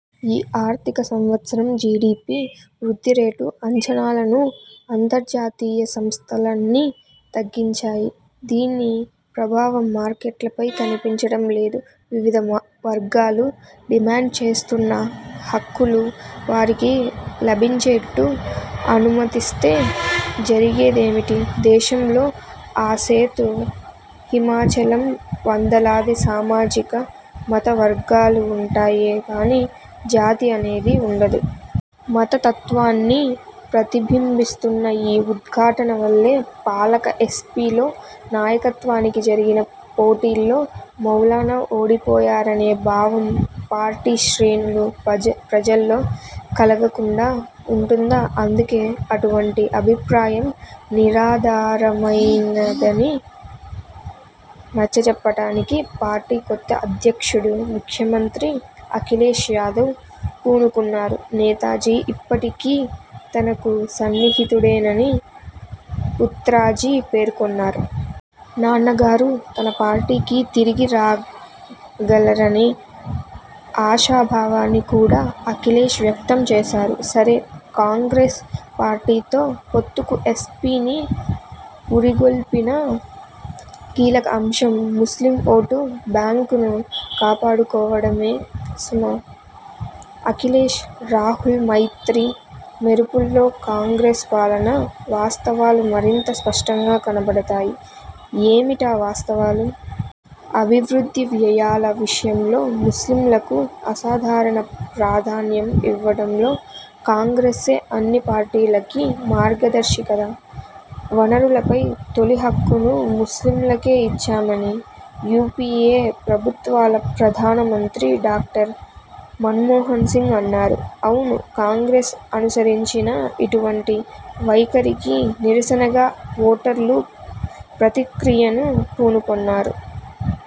ఈ ఆర్థిక సంవత్సరం జిడిపి వృద్ధి రేటు అంచనాలను అంతర్జాతీయ సంస్థలన్నీ తగ్గించాయి. దీని ప్రభావం మార్కెట్లపై కనిపించడం లేదు. వివిధ వర్గాలు డిమాండ్ చేస్తున్న 'హక్కులు' వారికి లభించేట్టు అనుమతిస్తే జరిగేదేమిటి? దేశంలో ఆసేతు హిమాచలం వందలాది సామాజిక, మత వర్గాలు వుంటాయే గానీ జాతి అనేది వుండదు. మతతత్వాన్ని ప్రతిబింబిస్తున్న ఈ ఉద్ఘాటన వల్లే, పాలక ఎస్పీలో నాయకత్వానికి జరిగిన పోటీలో మౌలానా ఓడిపోయారనే భావం పార్టీ శ్రేణులు, ప్రజల్లో కలగకుండా వుంటుందా? అందుకే, అటువంటి అభిప్రాయం నిరాధారమైనదని నచ్చచెప్పడానికి పార్టీ కొత్త అధ్యక్షుడు, ముఖ్యమంత్రి అఖిలేశ్ యాదవ్ పూనుకున్నారు. 'నేతాజీ ఇప్పటికీ తనకు సన్నిహితుడేనని' పుత్రాజీ పేర్కొన్నారు. 'నాన్నగారు తన పార్టీకి తిరిగి రాగలరనే' ఆశాభావాన్ని కూడా అఖిలేశ్ వ్యక్తం చేశారు. సరే, కాంగ్రెస్ పార్టీతో పొత్తుకు ఎస్పీని పురిగొల్పిన కీలక అంశం ముస్లిం ఓటు బ్యాంకును కాపాడుకోవడమే సుమా! అఖిలేశ్–రాహుల్ మైత్రీ మెరుపుల్లో కాంగ్రెస్ పాలనా వాస్తవాలు మరింత స్పష్టంగా కనపడతాయి. ఏమిటా వాస్తవాలు? అభివృద్ధి వ్యయాల విషయంలో ముస్లింలకు అసాధారణ ప్రాధాన్యం ఇవ్వడంలో కాంగ్రెస్సే అన్ని పార్టీలకు మార్గదర్శి కదా. 'వనరులపై తొలి హక్కును ముస్లింలకే ఇచ్చామని' యూపీఏ ప్రభుత్వాల ప్రధానమంత్రి డాక్టర్ మన్మోహన్ సింగ్ అన్నారు. అవును, కాంగ్రెస్ అనుసరించిన ఇటువంటి వైఖరికి నిరసనగా ఓటర్లూ ప్రతిక్రియకు పూనుకున్నారు.